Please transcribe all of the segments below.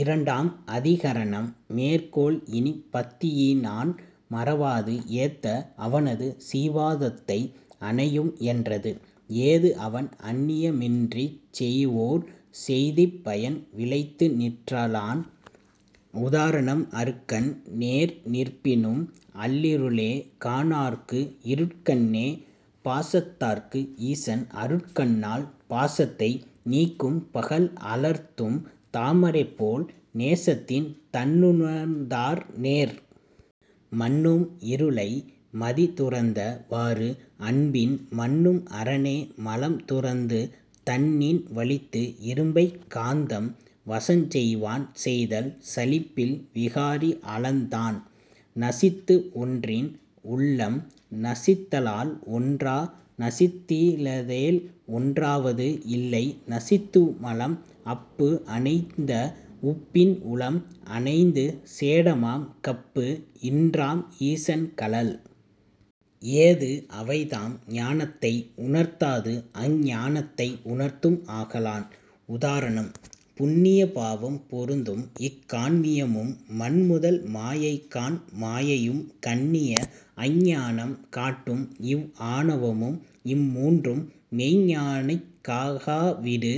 இரண்டாம் அதிகரணம் மேற்கோள் இனிப் பத்தியினான் மறவாது ஏத்த அவனது சீபாதத்தை அணையும் என்றது. ஏது அவன் அன்னியமின்றிச் செய்வோர் செய்திப்பயன் விளைத்து நிற்றலான். உதாரணம் அருக்கன் நேர் நிற்பினும் அல்லிருளே காணார்க்கு இருட்கண்ணே பாசத்தார்க்கு ஈசன் அருட்கண்ணால் பாசத்தை நீக்கும் பகல் அலர்த்தும் தாமரைபோல் நேசத்தின் தன்னுணுர்ந்தார் நேர். மன்னும் இருளை மதிதுரந்த வாறு அன்பின் மன்னும் அரனே மலம் துரந்து தன்னின் வலித்து இரும்பைக் காந்தம் வசஞ்செய்வான் செய்தல் சலிப்பில் விகாரி அலன் தான். நசித்து ஒன்றின் உள்ளம் நசித்தலால் ஒன்றா நசித்திலதேல் ஒன்றாவது இல்லை நசித்துமலம் அப்பு அணைந்த உப்பின் உளம் அணைந்து சேடமாம் கப்பு இன்றாம் ஈசன் கழல். ஏது அவைதாம் ஞானத்தை உணர்த்தாது அஞ்ஞானத்தை உணர்த்தும் ஆகலான். உதாரணம்: புண்ணிய பாவம் பொருந்தும் இக் கான்மியமும் மண்முதல் மாயைகாண் மாயையும் கண்ணிய அஞ்ஞானம் காட்டும் இவ் ஆணவமும் இம் மூன்றும் மெய்ஞ்ஞானிக் காகா விடு.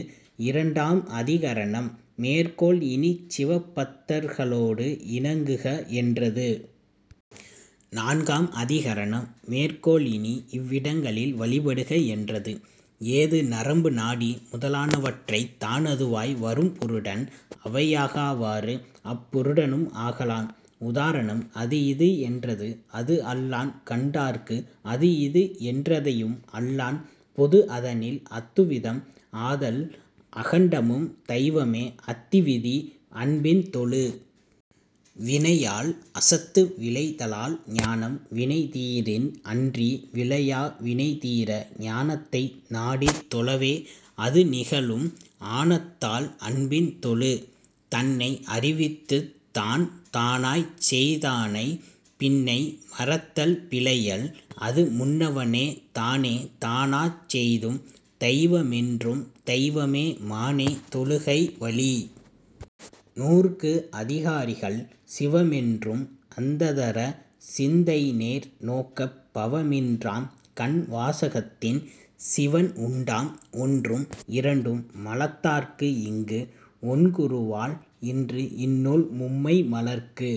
இரண்டாம் அதிகரணம் மேற்கோள் இனிச் சிவபத்தர்களோடு இணங்குக என்றது. நான்காம் அதிகரணம் மேற்கோள் இனி இவ்விடங்களில் வழிபடுக என்றது. ஏது நரம்பு நாடி முதலானவற்றைத் தானதுவாய் வரும் புருடன் அவையாகாவாறு அப்புருடனும் ஆகலான். உதாரணம் அது இது என்றது அதுஅல்லான் கண்டார்க்கு அது இது என்றதையும் அல்லான் பொது அதனில் அத்துவிதம் ஆதல் அகண்டமும் தைவமே அத்திவிதி அன்பின் தொழு. வினையால் அசத்து விளைதலால் ஞானம் வினைதீரின் அன்றி விளையா வினைதீர ஞானத்தை நாடித் தொழவே அதுநிகழும் ஆனத்தால் அன்பின் தொழு. தன்னை அறிவித்துத் தான் தானாய்ச் செய்தானைப் பின்னை மறத்தல் பிழையல் அது முன்னவனே தானே தானாச் செய்தும் தைவமென்றும் தைவமே மானே தொழுகை வலி. நூற்கு அதிகாரிகள் சிவமென்றும் அந்ததர சிந்தைநேர் நோக்கப் பவமின்றாம் கண் வாசகத்தின் சிவன் உண்டாம் ஒன்றும் இரண்டும் மலத்தார்க்கு இங்கு ஒண்குருவால் இன்று இந்நூல் மும்மை மலர்க்கு